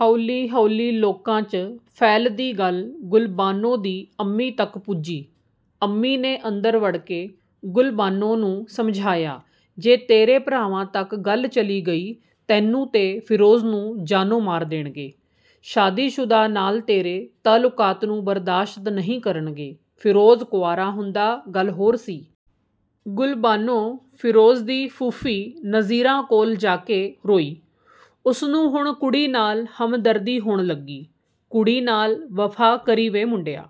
ਹੌਲੀ ਹੌਲੀ ਲੋਕਾਂ, ਚ' ਫੈਲਦੀ ਗੱਲ ਗੁਲਬਾਨੋ ਦੀ ਅੰਮੀ ਤੱਕ ਪੁੱਜੀ। ਅੰਮੀ ਨੇ ਅੰਦਰ ਵੜਕੇ ਗੁਲਬਾਨੋ ਨੂੰ ਸਮਝਾਇਆ ਜੇ ਤੇਰੇ ਭਰਾਵਾਂ ਤੱਕ ਗੱਲ ਚਲੀ ਗਈ ਤੈਨੂੰ ਤੇ ਫਿਰੋਜ਼ ਨੂੰ ਜਾਨੋ ਮਾਰ ਦੇਣਗੇ। ਸ਼ਾਦੀਸ਼ੁਦਾ ਨਾਲ ਤੇਰੇ ਤਅਲੁਕਾਤ ਨੂੰ ਬਰਦਾਸ਼ਤ ਨਹੀ ਕਰਨਗੇ, ਫਿਰੋਜ਼ ਕੁਆਰਾ ਹੁੰਦਾ ਗੱਲ ਹੋਰ ਸੀ। ਗੁਲਬਾਨੋ, ਫਿਰੋਜ਼ ਦੀ ਫੂਫੀ ਨਜ਼ੀਰਾਂ ਕੋਲ ਜਾ ਕੇ ਰੋਈ। ਉਸ ਨੂੰ ਹੁਣ ਕੁੜੀ ਨਾਲ ਹਮਦਰਦੀ ਹੋਣ ਲੱਗੀ। "ਕੁੜੀ ਨਾਲ ਵਫ਼ਾ ਕਰੀ ਵੇ ਮੁੰਡਿਆ,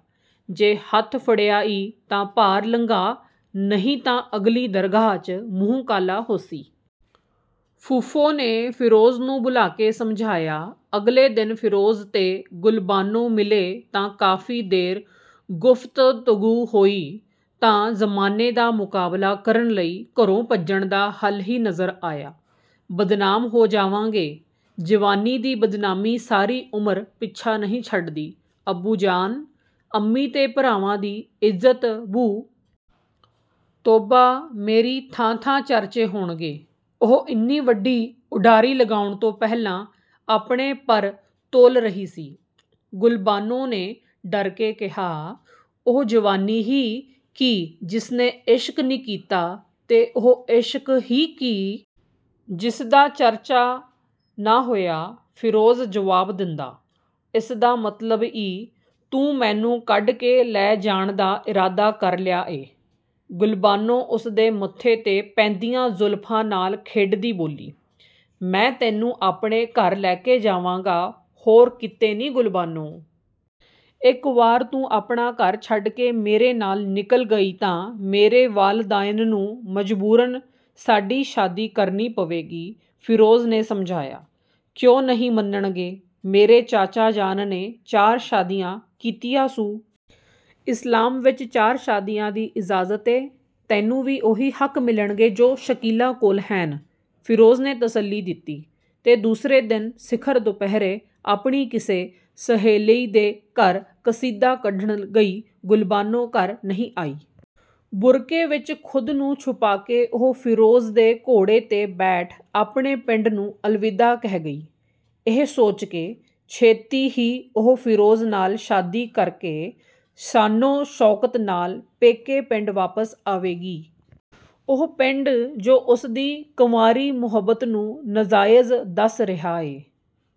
ਜੇ ਹੱਥ ਫੜਿਆ ਈ ਤਾਂ ਪਾਰ ਲੰਘਾ ਨਹੀ ਤਾਂ ਅਗਲੀ ਦਰਗਾਹ, ਚ' ਮੂੰਹ ਕਾਲਾ ਹੋਸੀ".. ਫੂਫੋ ਨੇ ਫਿਰੋਜ਼ ਨੂੰ ਬੁਲਾ ਕੇ ਸਮਝਾਇਆ। ਅਗਲੇ ਦਿਨ ਫਿਰੋਜ਼ ਤੇ ਗੁਲਬਾਨੋ ਮਿਲੇ ਤਾਂ ਕਾਫੀ ਦੇਰ ਗੁਫਤਗੂ ਹੋਈ ਤਾਂ…. ਜ਼ਮਾਨੇ ਦਾ ਮੁਕਾਬਲਾ ਕਰਨ ਲਈ ਘਰੋ ਭੱਜਣ ਦਾ ਹੱਲ ਹੀ ਨਜ਼ਰ ਆਇਆ। "ਬਦਨਾਮ ਹੋ ਜਾਵਾਂਗੇ"… ਜਵਾਨੀ ਦੀ ਬਦਨਾਮੀ ਸਾਰੀ ਉਮਰ ਪਿੱਛਾ ਨਹੀ ਛੱਡਦੀ, ਅੱਬੂ ਜਾਨ, ਅੰਮੀ ਤੇ ਭਰਾਵਾਂ ਦੀ ਇੱਜਤ ਬੂ"…. ਤੋਬਾ ਮੇਰੀ ਥਾਂ ਥਾਂ ਚਰਚੇ ਹੋਣਗੇ। ਉਹ ਇੰਨੀ ਵੱਡੀ ਉਡਾਰੀ ਲਗਾਉਣ ਤੋਂ ਪਹਿਲਾਂ ਆਪਣੇ ਪਰ ਤੋਲ ਰਹੀ ਸੀ…. ਗੁਲਬਾਨੋ ਨੇ ਡਰ ਕੇ ਕਿਹਾ.. "ਉਹ ਜਵਾਨੀ ਹੀ ਕੀ ਜਿਸ ਨੇ ਇਸ਼ਕ ਨੀ ਕੀਤਾ ਤੇ ਉਹ ਇਸ਼ਕ ਹੀ ਕੀ.. ਜਿਸ ਦਾ ਚਰਚਾ ਨਾ ਹੋਇਆ.. ਫਿਰੋਜ਼ ਜੁਵਾਬ ਦਿੰਦਾ। ਇਸ ਦਾ ਮਤਲਬ ਈ, ਤੂੰ ਮੈਨੂੰ ਕੱਢ ਕੇ ਲੈ ਜਾਣ ਦਾ ਇਰਾਦਾ ਕਰ ਲਿਆ ਏ..! ਗੁਲਬਾਨੋ ਉਸਦੇ ਮੱਥੇ ਤੇ ਪੈਂਦੀਆਂ ਜ਼ੁਲਫ਼ਾ ਨਾਲ ਖੇਡਦੀ ਬੋਲੀ… "ਮੈਂ ਤੈਨੂੰ ਆਪਣੇ ਘਰ ਲੈ ਕੇ ਜਾਵਾਂਗਾ ਹੋਰ ਕਿਤੇ ਨੀ ਗੁਲਬਾਨੋ"….. ਇੱਕ ਵਾਰ ਤੂੰ ਆਪਣਾ ਘਰ ਛੱਡਕੇ ਮੇਰੇ ਨਾਲ ਨਿਕਲ ਗਈ ਤਾਂ ਮੇਰੇ ਵਾਲਦਾਇਨ ਨੂੰ ਮਜਬੂਰਨ ਸਾਡੀ ਸ਼ਾਦੀ ਕਰਨੀ ਪਵੇਗੀ.. ਫਿਰੋਜ਼ ਨੇ ਸਮਝਾਇਆ। "ਕਿਉ ਨਹੀ ਮੰਨਣਗੇ..! ਮੇਰੇ ਚਾਚਾ ਜਾਨ ਨੇ ਚਾਰ ਸ਼ਾਦੀਆ ਕੀਤੀਆ ਸੂ। ਇਸਲਾਮ ਵਿੱਚ ਚਾਰ ਸ਼ਾਦੀਆ ਦੀ ਇਜ਼ਾਜਤ ਏ। ਤੈਨੂੰ ਵੀ ਉਹੀ ਹੱਕ ਮਿਲਣਗੇ ਜੋ ਸ਼ਕੀਲਾ ਕੋਲ ਹੈਨ.. ਫਿਰੋਜ਼ ਨੇ ਤਸੱਲੀ ਦਿਤੀ। ਤੇ ਦੂਸਰੇ ਦਿਨ ਸਿਖਰ ਦੁਪਹਿਰੇ ਆਪਣੀ ਕਿਸੇ ਸਹੇਲੀ ਦੇ ਘਰ ਕਸੀਦਾ ਕੱਢਣ ਗਈ ਗੁਲਬਾਨੋ ਘਰ ਨਹੀ ਆਈ। ਬੁਰਕੇ ਵਿੱਚ ਖ਼ੁਦ ਨੂੰ ਛੁਪਾਕੇ ਉਹ ਫਿਰੋਜ਼ ਦੇ ਘੋੜੇ ਤੇ ਬੈਠ ਆਪਣੇ ਪਿੰਡ ਨੂੰ ਅਲਵਿਦਾ ਕਹਿ ਗਈ। ਇਹ ਸੋਚ ਕੇ, ਛੇਤੀ ਹੀ ਉਹ ਫਿਰੋਜ਼ ਨਾਲ ਸ਼ਾਦੀ ਕਰਕੇ.. ਸ਼ਾਨੋ-ਸ਼ੌਕਤ ਨਾਲ ਪੇਕੇ ਪਿੰਡ ਵਾਪਸ ਆਵੇਗੀ। ਉਹ ਪਿੰਡ, ਜੋ ਉਸਦੀ ਕੰਵਾਰੀ ਮੁਹੱਬਤ ਨੂੰ ਨਜ਼ਾਇਜ ਦੱਸ ਰਿਹਾ ਏ,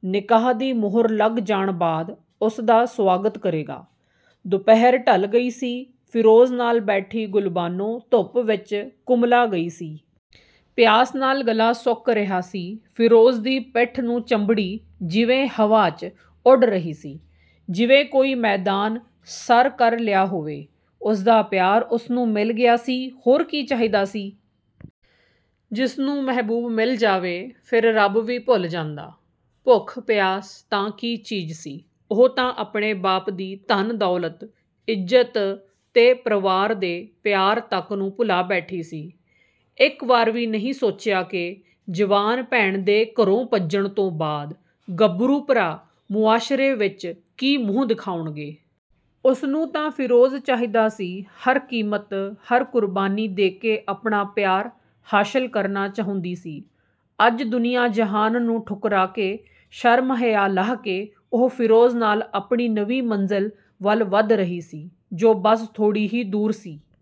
ਨਿਕਾਹ ਦੀ ਮੋਹਰ ਲੱਗ ਜਾਣ ਬਾਅਦ ਉਸ ਦਾ ਸੁਆਗਤ ਕਰੇਗਾ। ਦੁਪਹਿਰ ਢਲ ਗਈ ਸੀ, ਫਿਰੋਜ਼ ਨਾਲ ਬੈਠੀ ਗੁਲਬਾਨੋ ਧੁੱਪ ਵਿੱਚ ਕੁਮਲਾ ਗਈ ਸੀ। ਪਿਆਸ ਨਾਲ ਗਲਾ ਸੁੱਕ ਰਿਹਾ ਸੀ। ਫਿਰੋਜ਼ ਦੀ ਪਿੱਠ ਨੂੰ ਚੰਬੜੀ, ਜਿਵੇ ਹਵਾ, ਚ' ਉਡ ਰਹੀ ਸੀ। ਜਿਵੇ ਕੋਈ ਮੈਦਾਨ ਸਰ ਕਰ ਲਿਆ ਹੋਵੇ। ਉਸਦਾ ਪਿਆਰ ਉਸਨੂੰ ਮਿਲ ਗਿਆ ਸੀ, ਹੋਰ ਕੀ ਚਾਹੀਦਾ ਸੀ। ਜਿਸ ਨੂੰ ਮਹਿਬੂਬ ਮਿਲ ਜਾਵੇ ਫਿਰ ਰੱਬ ਵੀ ਭੁੱਲ ਜਾਂਦਾ। ਭੁੱਖ-ਪਿਆਸ ਤਾਂ ਕੀ ਚੀਜ਼ ਸੀ, ਉਹ ਤਾਂ ਆਪਣੇ ਬਾਪ ਦੀ ਧਨ-ਦੌਲਤ, ਇੱਜਤ ਤੇ ਪ੍ਰਵਾਰ ਦੇ ਪਿਆਰ ਤੱਕ ਨੂੰ ਭੁਲਾ ਬੈਠੀ ਸੀ। ਇੱਕ ਵਾਰ ਵੀ ਨਹੀ ਸੋਚਿਆਕਿ ਜਵਾਨ ਭੈਣ ਦੇ ਘਰੋ ਭੱਜਣ ਤੋਂ ਬਾਅਦ ਗੱਭਰੂ ਭਰਾ ਮੁਆਸ਼ਰੇ ਵਿੱਚ ਕੀ ਮੂੰਹ ਦਿਖਾਉਣਗੇ। ਉਸਨੂੰ ਤਾਂ ਫਿਰੋਜ਼ ਚਾਹੀਦਾ ਸੀ, ਹਰ ਕੀਮਤ, ਹਰ ਕੁਰਬਾਨੀ ਦੇ ਕੇ ਆਪਣਾ ਪਿਆਰ ਹਾਸ਼ਲ ਕਰਨਾ ਚਹੁੰਦੀ ਸੀ। ਅੱਜ ਦੁਨੀਆ ਜਹਾਨ ਨੂੰ ਠੁਕਰਾ ਕੇ ਸ਼ਰਮ-ਹਯਾ ਲਾਹ ਕੇ ਉਹ ਫਿਰੋਜ਼ ਨਾਲ ਆਪਣੀ ਨਵੀ ਮੰਜ਼ਿਲ ਵੱਲ ਵੱਧ ਰਹੀ ਸੀ, ਜੋ ਬਸ ਥੋੜ੍ਹੀ ਹੀ ਦੂਰ ਸੀ।